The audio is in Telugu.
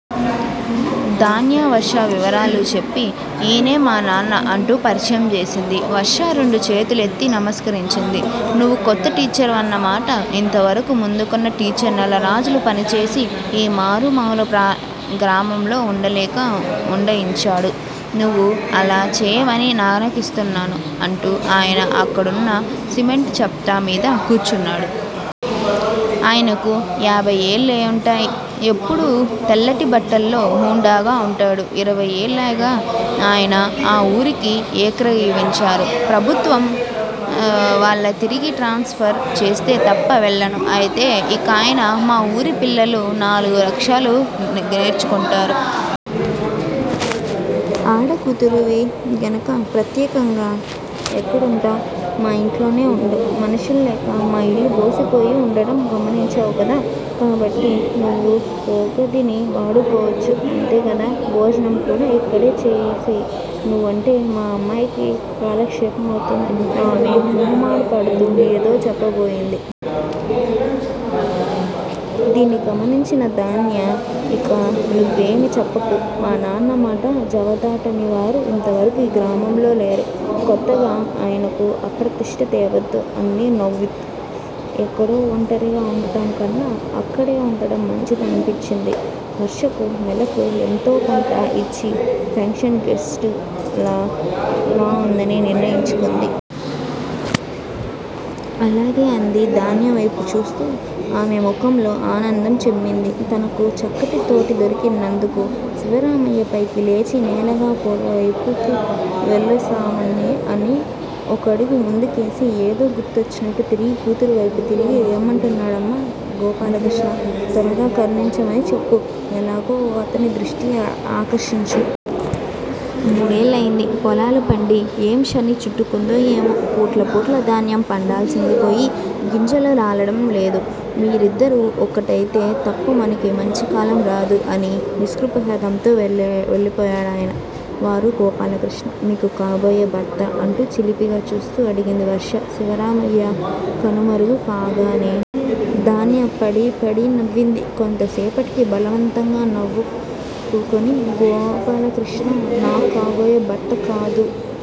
ధాన్య వర్ష వివరాలు చెప్పి ఈయనే మా నాన్న అంటూ పరిచయం చేసింది. వర్ష రెండు చేతులూ ఎత్తి నమస్కరించింది. నువ్వు కొత్త టీచర్ వన్న మాట. ఇంతకు ముందున్న టీచర్ నెలరోజులు పనిచేసి ఈ మారుమూల గ్రామంలో వుండలేక ఉడాయించాడు. నువ్వు అలా చెయ్యవని నాకనిపిస్తోంది అంటూ ఆయన అక్కడున్న సిమెంట్ చప్టా మీద కూర్చున్నాడు. ఆయనకు ఏభై ఏళ్ళుంటాయి. ఎప్పుడూ తెల్లటి బట్టల్లో హుందాగా వుంటాడు. ఇరవై ఏళ్ళుగా ఆయనే ఆ వూరికి ఏకగ్రీవంగా సర్పంచ్. నాకు పల్లెటూర్లంటే ఇష్టం. కాబట్టి ప్రభుత్వం వాళ్ళు తిరిగి ట్రాన్స్ ఫర్ చేస్తే తప్ప వెళ్ళను. అయితే ఇకనయినా మా ఊరి పిల్లలు నాలుగక్షరాలు నేర్చుకుంటారు. ఆడకూతురివి గనుక ప్రత్యేకంగా ఎక్కడుంటావ్? మా ఇంట్లోనే వుండు. మనుషుల్లేక ఈ ఇల్లు బోసిపోయి వుండడం గమనించావ్ కదా. కాబట్టి నువ్వు ఓగదిని వాడుకోవచ్చు. అంతే కాదు. భోజనం కూడా ఇక్కడే చేసెయ్. నువ్వుంటే మా అమ్మాయికీ కాలక్షేపం అవుతుంది. ఆమె మొహమాటపడతూ ఏదో చెప్పబోయింది. దీన్ని గమనించిన ధాన్య ఇక నువ్వేమీ చెప్పకు. మా నాన్న మాట జవదాటినవారు ఇంతవరకూ ఈ గ్రామంలో లేరు. కొత్తగా ఆయనకు అప్రతిష్ట తేవద్దు అంది నవ్వుతూ. ఎక్కడో ఒంటరిగా వుండటం కన్నా అక్కడే వుండడం మంచిదనిపించింది. వర్షకు. నెలకు ఎంతో కొంత ఇచ్చి పెయింగ్ గెస్ట్ లా వుందామని నిర్ణయించుకుంది. అలానే అంది ధాన్యవైపు చూస్తూ. ఆమె ముఖంలో ఆనందం చిమ్మింది, తనకు చక్కటి తోడు దొరికి నందుకు. శివరామయ్య పైకి లేచి నేనలా పొలాలవైపు వెళ్ళొస్తానమ్మా అని ఒకడుగు ముందుకేసి ఏదో గుర్తొచ్చినట్టు ఆగి కూతురివైపు తిరిగి ఏమంటున్నాడమ్మా గోపాలకృష్ణ? త్వరగా కరుణించమణి చెప్పు. ఎలానో ఓలా అతని దృష్టిని ఆకర్షించు. మూడేళ్ళయింది పొలాలు పండి. ఏం శని చుట్టుకుందో ఏమో? పుట్లు పుట్లు ధాన్యం పండాల్సింది పోయి గింజ రాలడం లేదు. మీరిద్దరూ ఒకటైతే తప్ప మనకు మంచికాలం రాదు అని నిస్పృహతో వెళ్ళిపోయాడు ఆయన. వారు గోపాలకృష్ణ? మీకు కాబోయే భర్తా అంటూ చిలిపిగా చూస్తూ అడిగింది వర్ష శివరామయ్య కనుమరుగు కాగానే. ధాన్య పడీ పడీ నవ్వింది. కొంతసేపటికి బలవంతంగా నవ్వాపూకుని గోపాలకృష్ణ నాక్కాబోయే భర్త కాదు.